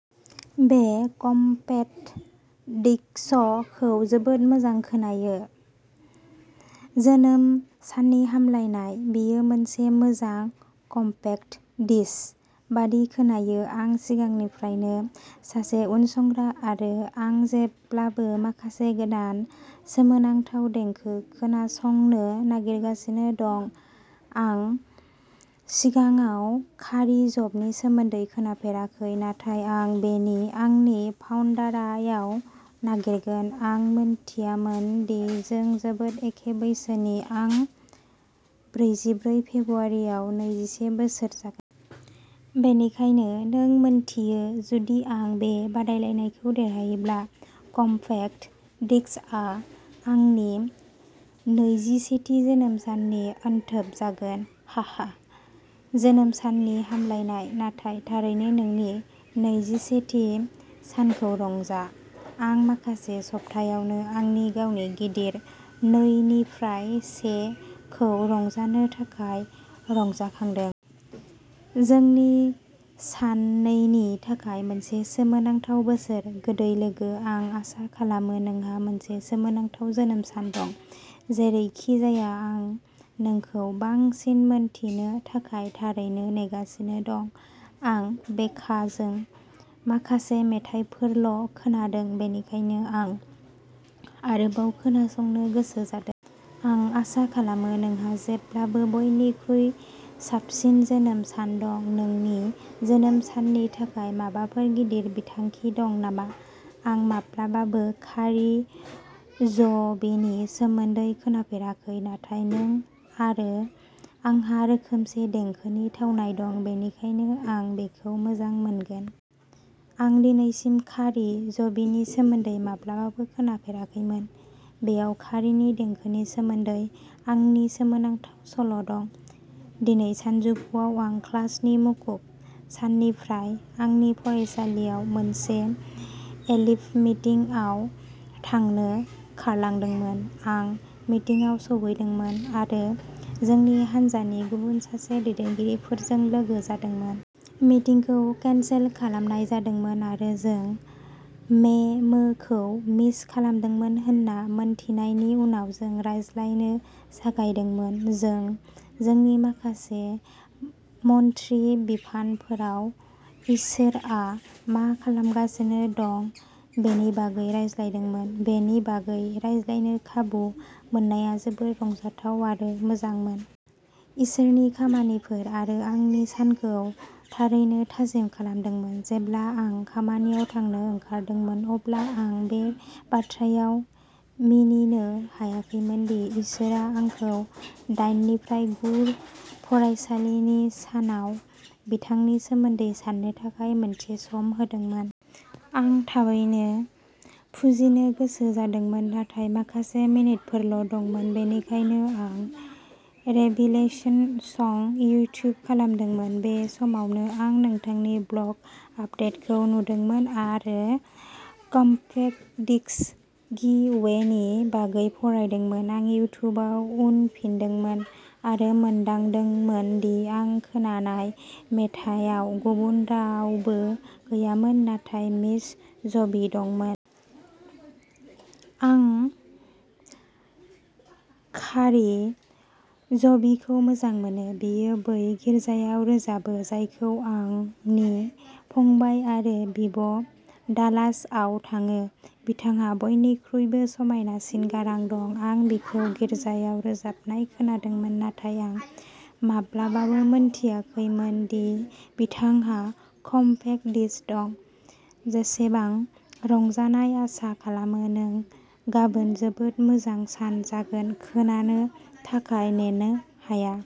बे कमपेक्ट डिस्कखौ जोबोद मोजां खोनायो। जोनोम साननि हामलायनाय, बेयो मोनसे मोजां कमपेक्ट डिस्क बायदि खोनायो। आं सिगांनिफ्रायनो सासे उनसंग्रा आरो आं जेब्लाबो माखासे गोदान सोमोनांथाव देंखो खोनासंनो नागिरगासिनो दं। आं सिगाङाव कारि जबनि सोमोन्दै खोनाफेराखै, नाथाय आं बेखौ आंनि पान्ड'रायाव नागिरगोन, आं मिथियामोन दि जों जोबोद एखे बैसोनि, आं बैजिब्रै फेब्रुवारियाव नैजिसे बोसोर जागोन। बेनिखायनो नों मिन्थियो, जुदि आं बे बादायलायनायखौ देरहायोब्ला कमपेक्ट डिस्कआ आंनि नैजिसेथि जोनोम साननि अनथोब जागोन। हाहा जोनोम साननि हामलायनाय नाथाय, थारैनो नोंनि नैजिसेथि सानखौ रंजा। आं माखासे सप्तायावनो आंनि गावनि गिदिर नै निफ्राय से खौ रंजानो थाखाय रंजाखांदों। जोंनि सानैनि थाखाय मोनसे सोमोनांथाव बोसोर, गोदै लोगो आं आसा खालामो नोंहा मोनसे सोमोनांथाव जोनोम सान दं। जेरैखिजाया, आं नोंखौ बांसिन मिन्थिनो थाखाय थारैनो नेगासिनो दं। आं बेकाजों माखासे मेथाइफोरल' खोनादों, बेनिखायनो आं आरोबाव खोनासंनो गोसो जादों। आं आसा खालामो नोंहा जेब्लाबो बयनिख्रुइ साबसिन जोनोम सान दं, नोंनि जोनोम साननि थाखाय माबाफोर गिदिर बिथांखि दं नामा? आं माब्लाबाबो कारी ज'बिनि सोमोन्दै खोनाफेराखै, नाथाय नों आरो आंहा रोखोमसे देंखोनि थावनाय दं, बेनिखायनो आं बेखौ मोजां मोनगोन। आं दिनैसिम कारी ज'बिनि सोमोन्दै माब्लाबाबो खोनाफेराखैमोन। बेयाव करीनि देंखोनि सोमोन्दै आंनि सोमोनांथाव सल'दं। दिनै सानजौफुआव, आं क्लासनि मुखुब साननिफ्राय आंनि फरायसालियाव मोनसे एलिफ मिटिंआव थांनो खारलांदोंमोन। आं मिटिंआव सौहैदोंमोन आरो जोंनि हान्जानि गुबुन सासे दैदेनगिरिजों लोगो जादोंमोन। मिटिंखौ केनसेल खालामनाय जादों आरो जों मेमोखौ मिस खालामदों होन्ना मिथिनायनि उनाव जों रायज्लायनो जागायदोंमोन। जों जोंनि माखासे मन्थ्रि बिफानफोराव इसोरआ मा खालामगासिनो दं बेनि बागै रायज्लायदोंमोन। बेनि बागै रायज्लायनो खाबु मोननाया जोबोद रंजाथाव आरो मोजांमोन। इसोरनि खामानिफोर आरो आंनि सानखौ थारैनो थाजिम खालामदोंमोन। जेब्ला आं खामानियाव थांनो ओंखारदोंमोन, अब्ला आं बे बाथ्रायाव मिनिनो हायाखैमोन दि इसोरआ आंखौ दाइननिफ्राय गु फरायसालिनि सानाव बिथांनि सोमोन्दै साननो थाखाय मोनसे सम होदोंमोन। आं थाबैनो फुजिनो गोसो जादोंमोन, नाथाय माखासे मिनितफोरल' दंमोन, बेनिखायनो आं "रेभिलेशन सं" इउट्युब खालामदोंमोन। बे समावनो आं नोंथांनि ब्लग आपदेटखौ नुदोंमोन आरो कमपेक्ट डिस्क गिवअवेनि बागै फरायदोंमोन। आं इउट्युबआव उनफिनदोंमोन आरो मोनदांदोंमोन दि आं खोनानाय मेथाइयाव गुबुन रावबो गैयामोन नाथाय मिस ज'बि दंमोन। आं कारी ज'बिखौ मोजां मोनो। बियो बै गिर्जायाव रोजाबो जायखौ आंनि फंबाय आरो बिब'आ डालासआव थाङो, बिथांहा बयनिख्रुइबो समायनासिन गारां दं। आं बिखौ गिर्जायाव रोजाबनाय खोनादोंमोन नाथाय आं माब्लाबाबो मिन्थियाखैमोन दि बिथांहा कमपेक्ट डिस्क दं, बेसेबां रंजानाय आसा खालामो नों गाबोन जोबोद मोजां सान जागोन खोनानो थाखाय नेनो हाया।